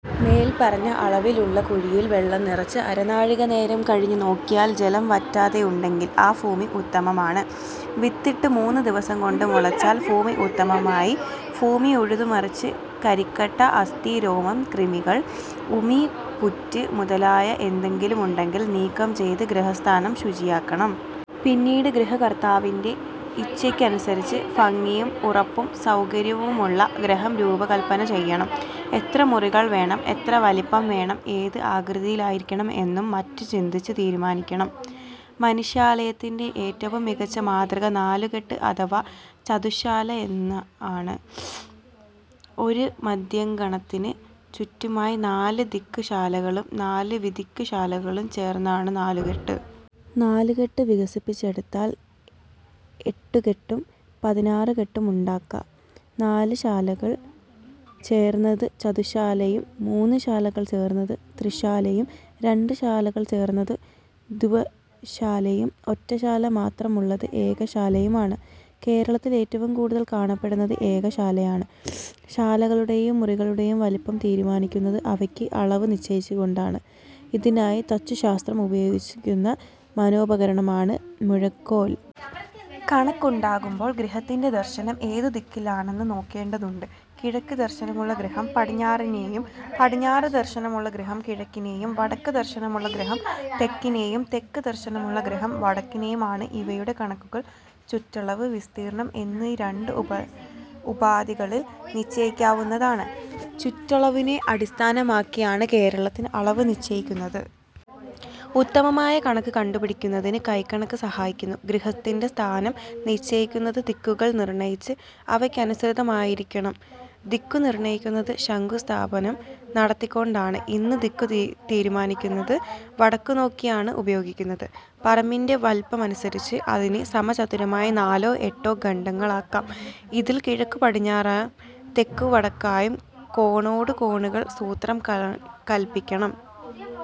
മേല്പറഞ്ഞ അളവിൽ ഉള്ള കുഴിയിൽ വെള്ളം നിറച്ച് അരനാഴിക നേരം കഴിഞ്ഞ് നോക്കിയാൽ ജലം വറ്റാതെയുണ്ടെങ്കിൽ ആ ഭൂമി ഉത്തമമാണ്. വിത്തിട്ട് മൂന്നു ദിവസം കൊണ്ട് മുളച്ചാൽ ഭൂമി ഉത്തമമായി. ഭൂമി ഉഴുതു മറിച്ച് കരിക്കട്ട, അസ്ഥി, രോമം, കൃമികൾ, ഉമി, പുറ്റ് മുതലായവ എന്തെങ്കിലും ഉണ്ടെങ്കിൽ നീക്കം ചെയ്ത് ഗൃഹസ്ഥാനം ശുചിയാക്കണം. പിന്നീട് ഗൃഹകർത്താവിന്റെ ഇച്ഛയ്ക്കനുസരിച്ച് ഭംഗിയും ഉറപ്പും സൗകര്യങ്ങളുമുള്ള ഗൃഹം രൂപകല്പന ചെയ്യണം. എത്ര മുറികൾ വേണം, എത്ര വലിപ്പം വേണം, ഏത് ആകൃതിയിലായിരിക്കണം എന്നും മറ്റും ചിന്തിച്ച് തീരുമാനിക്കണം. മനുഷ്യാലയത്തിന്റെ ഏറ്റവും മികച്ച മാതൃക നാലുകെട്ട് അഥവാ ചതുശ്ശാല ആണ്. ഒരു മധ്യാങ്കണത്തിനു ചുറ്റുമായി നാല് ദിക് ശാലകളും നാല് വിദിക് ശാലകളും ചേർന്നതാണ് നാലുകെട്ട്. നാലുകെട്ട് വികസിപ്പിച്ചെടുത്താൽ എട്ടുകെട്ടും പതിനാറുകെട്ടും ഉണ്ടാക്കാം. നാല് ശാലകൾ ചേർന്നത് ചതുശ്ശാലയും മൂന്ന് ശാലകൾ ചേർന്നത് ത്രിശാലയും രണ്ട് ശാലകൾ ചേർന്നത് ദ്വിശാലയും ഒറ്റശാല മാത്രമുള്ളത് ഏകശാലയുമാണ്. കേരളത്തിൽ ഏറ്റവും കൂടുതൽ കാണപ്പെടുന്നത് ഏകശാലയാണ്. ശാലകളുടേയും മുറികളുടേയും വലിപ്പം തീരുമാനിക്കുന്നത് അവയ്ക്ക് അളവ് നിശ്ചയിച്ചുകൊണ്ടാണ്. ഇതിനായി തച്ചുശാസ്ത്രം ഉപയോഗിക്കുന്ന മനോപകരണമാണ് മുഴക്കോൽ. കണക്കുണ്ടാക്കുമ്പോൾ ഗൃഹത്തിന്റെ ദർശനം ഏതു ദിക്കിലേക്കാണെന്ന് നോക്കേണ്ടതുണ്ട്. കിഴക്ക് ദർശനമുള്ള ഗൃഹം പടിഞ്ഞാറ്റിനിയും പടിഞ്ഞാറ് ദർശനമുള്ള ഗൃഹം കിഴക്കിനിയും വടക്ക് ദർശനമുള്ള ഗൃഹം തെക്കിനിയും തെക്ക് ദർശനമുള്ള ഗൃഹം വടക്കിനിയും ആണ്. ഇവയുടെ കണക്കുകൾ ചുറ്റളവ്, വിസ്തീർണം എന്നീ രണ്ട് ഉപാധികളിൽ നിശ്ചയിക്കാവുന്നതാണ്. ചുറ്റളവിനെ അടിസ്ഥാനമാക്കിയാണ് കേരളത്തിൽ അളവ് നിശ്ചയിക്കുന്നത്. ഉത്തമമായ കണക്ക് കണ്ടുപിടിക്കുന്നതിന് കൈക്കണക്ക് സഹായിക്കുന്നു. ഗൃഹത്തിന്റെ സ്ഥാനം നിശ്ചയിക്കുന്നത് ദിക്കുകൾ നിർണയിച്ച് അവയ്ക്കനുസൃതമാക്കിയായിരിക്കണം. ദിക്കു നിർണയിക്കുന്നത് ശങ്കുസ്ഥാപനം നടത്തിക്കൊണ്ടാണ്. ഇന്ന് ദിക്കു തിരിക്കുന്നതിന് വടക്കുനോക്കി യാണ് ഉപയോഗിക്കുന്നത്. പറമ്പിന്റെ വലിപ്പമനുസരിച്ച് അതിനെ സമചതുരമായ നാലോ എട്ടോ ഖണ്ഡങ്ങളാക്കാം. ഇതിൽ കിഴക്കു പടിഞ്ഞാറായും തെക്കുവടക്കായും കോണോടു കോണായും സൂത്രങ്ങൾ കല്പിക്കണം.